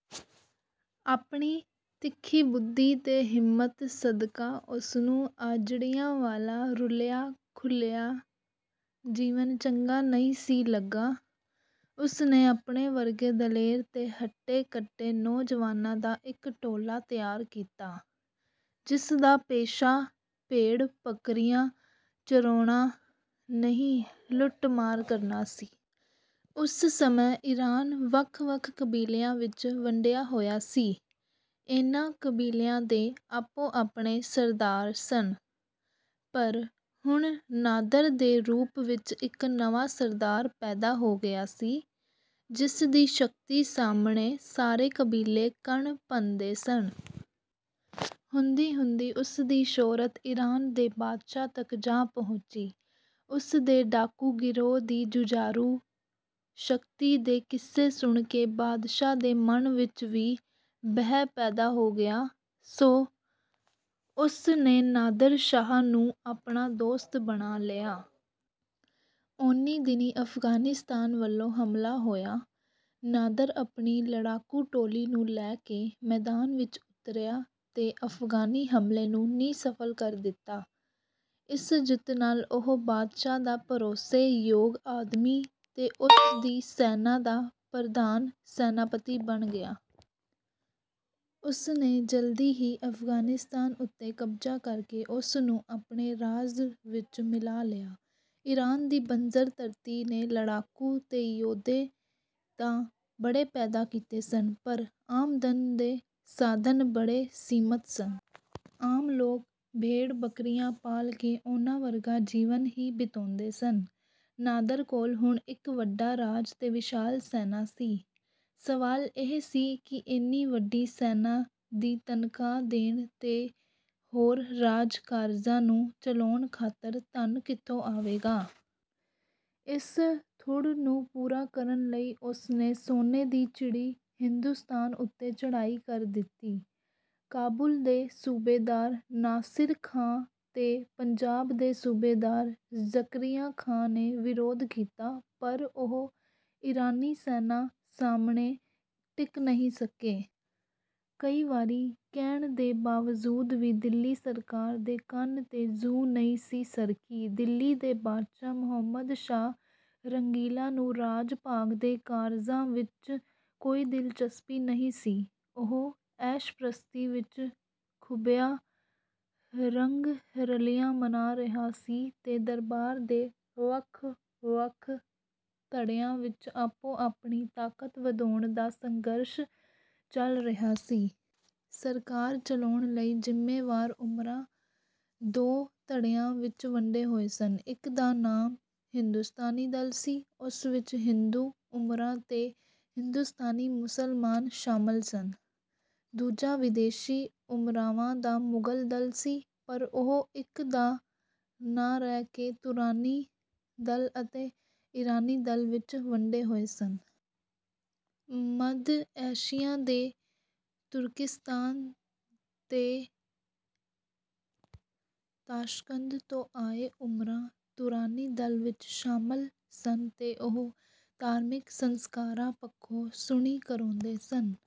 ਆਪਣੀ ਤਿੱਖੀ-ਬੁੱਧੀ ਤੇ ਹਿੰਮਤ ਸਦਕਾ ਉਸਨੂੰ ਆਜੜੀਆਂ ਵਾਲਾ, ਰੁਲਿਆ-ਖੁਲਿਆ ਜੀਵਨ ਚੰਗਾ ਨਹੀਂ ਸੀ ਲੱਗਾ। ਉਸਨੇ ਆਪਣੇ ਵਰਗੇ ਦਲੇਰ ਤੇ ਹੱਟੇ-ਕੱਟੇ ਨੌਜਵਾਨਾਂ ਦਾ ਇੱਕ ਟੋਲਾ ਤਿਆਰ ਕੀਤਾ, ਜਿਸ ਦਾ ਪੇਸ਼ਾ ਭੇਡ-ਬੱਕਰੀਆਂ ਚਰਾਉਣਾ ਨਹੀਂ, ਲੁੱਟ-ਮਾਰ ਕਰਨਾ ਸੀ। ਉਸ ਸਮੇਂ ਈਰਾਨ ਵੱਖ-ਵੱਖ ਕਬੀਲਿਆਂ ਵਿੱਚ ਵੰਡਿਆ ਹੋਇਆ ਸੀ। ਇਹਨਾਂ ਕਬੀਲਿਆਂ ਦੇ ਆਪੋ-ਆਪਣੇ ਸਰਦਾਰ ਸਨ। ਪਰ ਹੁਣ ਨਾਦਰ ਦੇ ਰੂਪ ਵਿੱਚ ਇੱਕ ਨਵਾਂ ਸਰਦਾਰ ਪੈਦਾ ਹੋ ਗਿਆ ਸੀ, ਜਿਸ ਦੀ ਸ਼ਕਤੀ ਸਾਹਮਣੇ ਸਾਰੇ ਕਬੀਲੇ ਕੰਨ ਭੰਨਦੇ ਸਨ। ਹੁੰਦੀ-ਹੁੰਦੀ ਉਸ ਦੀ ਸ਼ੋਹਰਤ ਈਰਾਨ ਦੇ ਬਾਦਸ਼ਾਹ ਤੱਕ ਜਾ ਪਹੁੰਚੀ। ਉਸ ਦੇ ਡਾਕੂ-ਗਿਰੋਹ ਦੀ ਜੁਝਾਰੂ ਸ਼ਕਤੀ ਦੇ ਕਿੱਸੇ ਸੁਣ ਕੇ ਬਾਦਸ਼ਾਹ ਦੇ ਮਨ ਵਿੱਚ ਵੀ ਭੈ ਪੈਦਾ ਹੋ ਗਿਆ, ਸੋ ਉਸ ਨੇ ਨਾਦਰ ਸ਼ਾਹ ਨੂੰ ਆਪਣਾ ਦੋਸਤ ਬਣਾ ਲਿਆ। ਓਨੀਂ ਦਿਨੀਂ ਅਫ਼ਗਾਨਿਸਤਾਨ ਵੱਲੋਂ ਹਮਲਾ ਹੋਇਆ। ਨਾਦਰ ਆਪਣੀ ਲੜਾਕੂ ਟੋਲੀ ਨੂੰ ਲੈ ਕੇ ਮੈਦਾਨ ਵਿੱਚ ਉਤਰਿਆ ਤੇ ਅਫ਼ਗਾਨੀ ਹਮਲੇ ਨੂੰ ਨਿਸਫਲ ਕਰ ਦਿੱਤਾ। ਇਸ ਜਿੱਤ ਨਾਲ ਉਹ ਬਾਦਸ਼ਾਹ ਦਾ ਭਰੋਸੇ-ਯੋਗ ਆਦਮੀ ਤੇ ਉਸ ਦੀ ਸੈਨਾ ਦਾ ਪ੍ਰਧਾਨ-ਸੈਨਾਪਤੀ ਬਣ ਗਿਆ। ਉਸਨੇ ਜਲਦੀ ਹੀ ਅਫ਼ਗਾਨਿਸਤਾਨ ਉੱਤੇ ਕਬਜ਼ਾ ਕਰਕੇ ਉਸ ਨੂੰ ਆਪਣੇ ਰਾਜ ਵਿੱਚ ਮਿਲਾ ਲਿਆ। ਈਰਾਨ ਦੀ ਬੰਜਰ ਧਰਤੀ ਨੇ ਲੜਾਕੂ ਤੇ ਯੋਧੇ ਤਾਂ ਬੜੇ ਪੈਦਾ ਕੀਤੇ ਸਨ, ਪਰ ਆਮਦਨ ਦੇ ਸਾਧਨ ਬੜੇ ਸੀਮਤ ਸਨ। ਆਮ ਲੋਕ ਭੇਡ-ਬੱਕਰੀਆਂ ਪਾਲ ਕੇ ਉਹਨਾਂ ਵਰਗਾ ਜੀਵਨ ਹੀ ਬਿਤਾਉਂਦੇ ਸਨ। ਨਾਦਰ ਕੋਲ ਹੁਣ ਇੱਕ ਵੱਡਾ ਰਾਜ ਤੇ ਵਿਸ਼ਾਲ ਸੈਨਾ ਸੀ। ਸਵਾਲ ਇਹ ਸੀ ਕਿ ਇੰਨੀ ਵੱਡੀ ਸੈਨਾ ਦੀ ਤਨਖਾਹ ਦੇਣ ਤੇ ਹੋਰ ਰਾਜ-ਕਾਰਜਾਂ ਨੂੰ ਚਲਾਉਣ ਖਾਤਰ ਧਨ ਕਿੱਥੋਂ ਆਵੇਗਾ? ਇਸ ਥੁੜ ਨੂੰ ਪੂਰਾ ਕਰਨ ਲਈ ਉਸਨੇ 'ਸੋਨੇ ਦੀ ਚਿੜੀ' ਹਿੰਦੁਸਤਾਨ ਉੱਤੇ ਚੜ੍ਹਾਈ ਕਰ ਦਿੱਤੀ। ਕਾਬੁਲ ਦੇ ਸੂਬੇਦਾਰ ਨਾਸਿਰ ਖ਼ਾਂ ਤੇ ਪੰਜਾਬ ਦੇ ਸੂਬੇਦਾਰ ਜ਼ਕਰੀਆ ਖ਼ਾਂ ਨੇ ਵਿਰੋਧ ਕੀਤਾ, ਪਰ ਉਹ ਈਰਾਨੀ ਸੈਨਾ ਸਾਹਮਣੇ ਟਿਕ ਨਹੀਂ ਸਕੇ। ਕਈ ਵਾਰੀ ਕਹਿਣ ਦੇ ਬਾਵਜੂਦ ਵੀ ਦਿੱਲੀ ਸਰਕਾਰ ਦੇ ਕੰਨ 'ਤੇ ਜੂੰ ਨਹੀਂ ਸੀ ਸਰਕੀ। ਦਿੱਲੀ ਦੇ ਬਾਦਸ਼ਾਹ ਮੁਹੰਮਦ ਸ਼ਾਹ ਰੰਗੀਲਾ ਨੂੰ ਰਾਜ-ਭਾਗ ਦੇ ਕਾਰਜਾਂ ਵਿੱਚ ਕੋਈ ਦਿਲਚਸਪੀ ਨਹੀਂ ਸੀ। ਉਹ ਐਸ਼-ਪ੍ਰਸਤੀ ਵਿੱਚ ਖੁੱਭਿਆ, ਰੰਗ-ਰਲੀਆਂ ਮਨਾ ਰਿਹਾ ਸੀ ਤੇ ਦਰਬਾਰ ਦੇ ਵੱਖ-ਵੱਖ ਧੜਿਆਂ ਵਿੱਚ ਆਪੋ-ਆਪਣੀ ਤਾਕਤ ਵਧਾਉਣ ਦਾ ਸੰਘਰਸ਼ ਚੱਲ ਰਿਹਾ ਸੀ। ਸਰਕਾਰ ਚਲਾਉਣ ਲਈ ਜ਼ਿੰਮੇਵਾਰ ਉਮਰਾ, ਦੋ ਧੜਿਆਂ ਵਿੱਚ ਵੰਡੇ ਹੋਏ ਸਨ। ਇੱਕ ਦਾ ਨਾਂ ਹਿੰਦੁਸਤਾਨੀ-ਦਲ ਸੀ, ਉਸ ਵਿੱਚ ਹਿੰਦੂ-ਉਮਰਾ ਤੇ ਹਿੰਦੁਸਤਾਨੀ ਮੁਸਲਮਾਨ ਸ਼ਾਮਲ ਸਨ। ਦੂਜਾ ਵਿਦੇਸ਼ੀ ਉਮਰਾਵਾਂ ਦਾ ਮੁਗ਼ਲ-ਦਲ ਸੀ। ਪਰ ਉਹ ਇੱਕ ਨਾ ਰਹਿ ਕੇ ਤੁਰਾਨੀ-ਦਲ ਅਤੇ ਈਰਾਨੀ-ਦਲ ਵਿੱਚ ਵੰਡੇ ਹੋਏ ਸਨ। ਮੱਧ ਏਸ਼ੀਆ ਦੇ ਤੁਰਕਿਸਤਾਨ ਤੇ ਤਾਸ਼ਕੰਦ ਤੋਂ ਆਏ ਉਮਰਾ, ਤੁਰਾਨੀ-ਦਲ ਵਿੱਚ ਸ਼ਾਮਲ ਸਨ ਤੇ ਉਹ ਧਾਰਮਿਕ ਸੰਸਕਾਰਾਂ ਪੱਖੋਂ 'ਸੁੰਨੀ' ਕਹਾਉਂਦੇ ਸਨ।